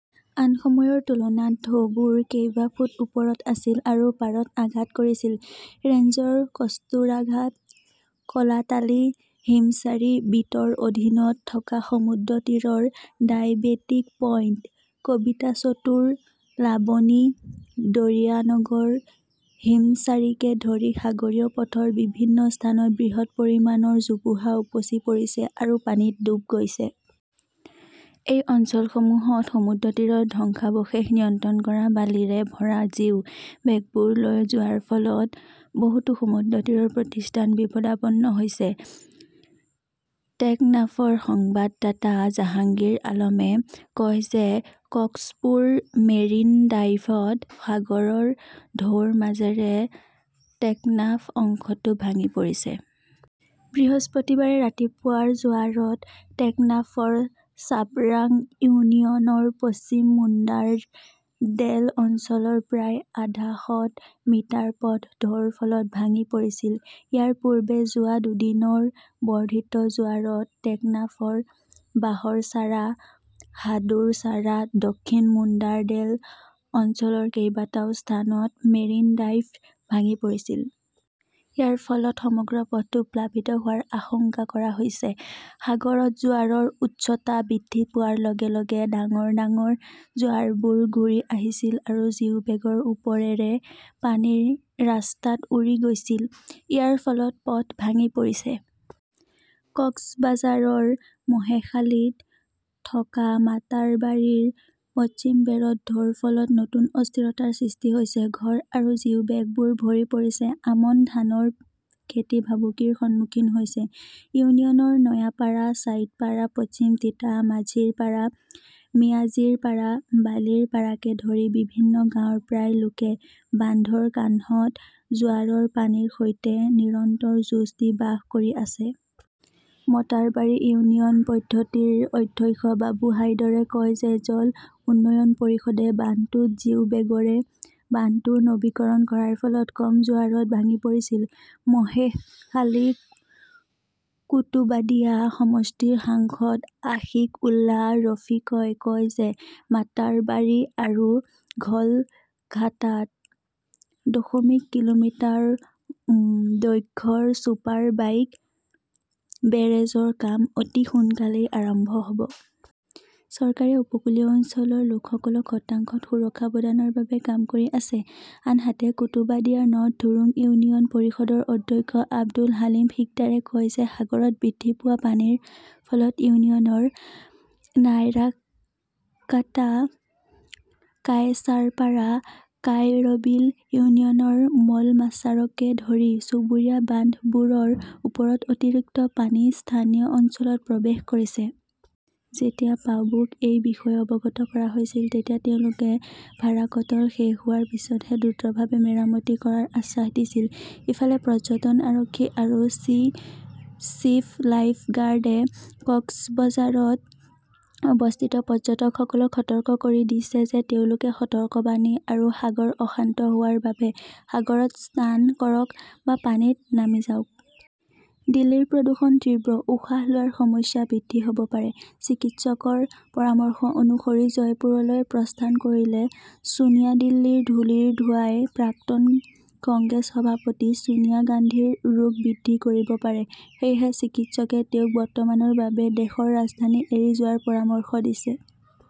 আন সময়ৰ তুলনাত ঢৌবোৰ কেইবা ফুট ওপৰত আছিল আৰু পাৰত আঘাত কৰিছিল। ৰেঞ্জৰ কস্তুৰাঘাট, কালাতালী, হিমচাৰী বিটৰ অধীনত থকা সমুদ্ৰতীৰৰ ডায়েবেটিক পইণ্ট, কবিতা চতুৰ, লাবনী, দৰিয়ানগৰ, হিমচাৰীকে ধৰি সাগৰীয় পথৰ বিভিন্ন স্থানত বৃহৎ পৰিমাণৰ জোপোহা উপচি পৰিছে আৰু পানীত ডুব গৈছে। এই অঞ্চলসমূহত সমুদ্ৰতীৰৰ ধ্বংসাৱশেষ নিয়ন্ত্ৰণ কৰা বালিৰে ভৰা জিও বেগবোৰ লৈ যোৱাৰ ফলত বহুতো সমুদ্ৰতীৰৰ প্ৰতিষ্ঠান বিপদাপন্ন হৈছে। টেকনাফৰ সংবাদদাতা জাহাংগীৰ আলমে কয় যে কক্সপুৰ মেৰিন ড্ৰাইভত সাগৰৰ ঢৌৰ মাজেৰে টেকনাফ অংশটো ভাঙি পৰিছে। বৃহস্পতিবাৰে ৰাতিপুৱাৰ জোৱাৰত টেকনাফৰ চাবৰাং ইউনিয়নৰ পশ্চিম মুণ্ডাৰ ডেল অঞ্চলৰ প্ৰায় আধাশত মিটাৰ পথ ঢৌৰ ফলত ভাঙি পৰিছিল। ইয়াৰ পূৰ্বে যোৱা দুদিনৰ বৰ্ধিত জোৱাৰত টেকনাফৰ বাহৰছাৰা, হাদুৰছাৰা, দক্ষিণ মুণ্ডাৰ ডেল অঞ্চলৰ কেইবাটাও স্থানত মেৰিন ড্ৰাইভ ভাঙি পৰিছিল। ইয়াৰ ফলত সমগ্ৰ পথটো প্লাবিত হোৱাৰ আশংকা কৰা হৈছে। সাগৰত জোৱাৰৰ উচ্চতা বৃদ্ধি পোৱাৰ লগে লগে ডাঙৰ ডাঙৰ জোৱাৰবোৰ ঘূৰি আহিছিল আৰু জিও বেগৰ ওপৰেৰে পানী ৰাস্তাত উৰি গৈছিল। ইয়াৰ ফলত পথ ভাঙি পৰিছে। কক্সবাজাৰৰ মহেশখালীত থকা মাটাৰবাৰীৰ পশ্চিম বেৰত ঢৌৰ ফলত নতুন অস্থিৰতাৰ সৃষ্টি হৈছে। ঘৰ আৰু জিওবেগবোৰ ভৰি পৰিছে। আমন ধানৰ খেতি ভাবুকিৰ সন্মুখীন হৈছে। ইউনিয়নৰ নয়াপাৰা, চাইটপাৰা, পশ্চিম তিতা মাঝিৰ পাৰা, মিয়াজিৰ পাৰা, বালিৰ পাৰাকে ধৰি বিভিন্ন গাঁৱৰ প্ৰায় লোকে বান্ধৰ কাষত জোৱাৰৰ পানীৰ সৈতে নিৰন্তৰ যুঁজ দি বাস কৰি আছে। মটাৰবাৰী ইউনিয়ন পৰিষদৰ অধ্যক্ষ আবু হাইদৰে কয় যে জল উন্নয়ন পৰিষদে বান্ধটোত জিও বেগৰে বান্ধটোৰ নৱীকৰণ কৰাৰ ফলত কম জোৱাৰত ভাঙি পৰিছিল। মহেশখালী-কুতুবাদিয়া সমষ্টিৰ সাংসদ আশিক উল্লা ৰফিকই কয় যে মাটাৰবাৰী আৰু ধলঘাটাত দশমিক কিলোমিটাৰ দৈৰ্ঘ্যৰ ছুপাৰ ডাইক বেৰেজৰ কাম অতি সোনকালেই আৰম্ভ হʼব। চৰকাৰে উপকূলীয় অঞ্চলৰ লোকসকলক শতাংশত সুৰক্ষা প্ৰদানৰ বাবে কাম কৰি আছে। আনহাতে, কুতুবাদিয়াৰ নৰ্থ ধুৰুং ইউনিয়ন পৰিষদৰ অধ্যক্ষ আব্দুল হালিম সিকদাৰে কয় যে সাগৰত বৃদ্ধি পোৱা পানীৰ ফলত ইউনিয়নৰ নায়াৰাকাটা, কায়চাৰপাৰা, কায়ৰবিল ইউনিয়নৰ মলমাচাৰকে ধৰি চুবুৰীয়া বান্ধবোৰৰ ওপৰত অতিৰিক্ত পানী স্থানীয় অঞ্চলত প্ৰৱেশ কৰিছে। যেতিয়া পাউবোক এই বিষয়ে অৱগত কৰা হৈছিল, তেতিয়া তেওঁলোকে ভাৰাকটল শেষ হোৱাৰ পিছতহে দ্ৰুতভাৱে মেৰামতি কৰাৰ আশ্বাস দিছিল। ইফালে, পৰ্যটন আৰক্ষী আৰু চি. চিভ. লাইফ গাৰ্ডে কক্সবাঝাৰত অৱস্থিত পৰ্যটকসকলক সতৰ্ক কৰি দিছে যে তেওঁলোকে সতৰ্কবাণী আৰু সাগৰ অশান্ত হোৱাৰ বাবে সাগৰত স্নান কৰক বা পানীত নামি যাওক। দিল্লীৰ প্ৰদূষণ তীব্ৰ, উশাহ লোৱাৰ সমস্যা বৃদ্ধি হ'ব পাৰে, চিকিৎসকৰ পৰামৰ্শ অনুসৰি জয়পুৰলৈ প্ৰস্থান কৰিলে ছোনিয়া দিল্লীৰ ধূলিৰ ধোঁৱাই প্ৰাক্তন কংগ্ৰেছ সভাপতি ছোনিয়া গান্ধীৰ ৰোগ বৃদ্ধি কৰিব পাৰে। সেয়েহে চিকিৎসকে তেওঁক বৰ্তমানৰ বাবে দেশৰ ৰাজধানী এৰি যোৱাৰ পৰামৰ্শ দিছে।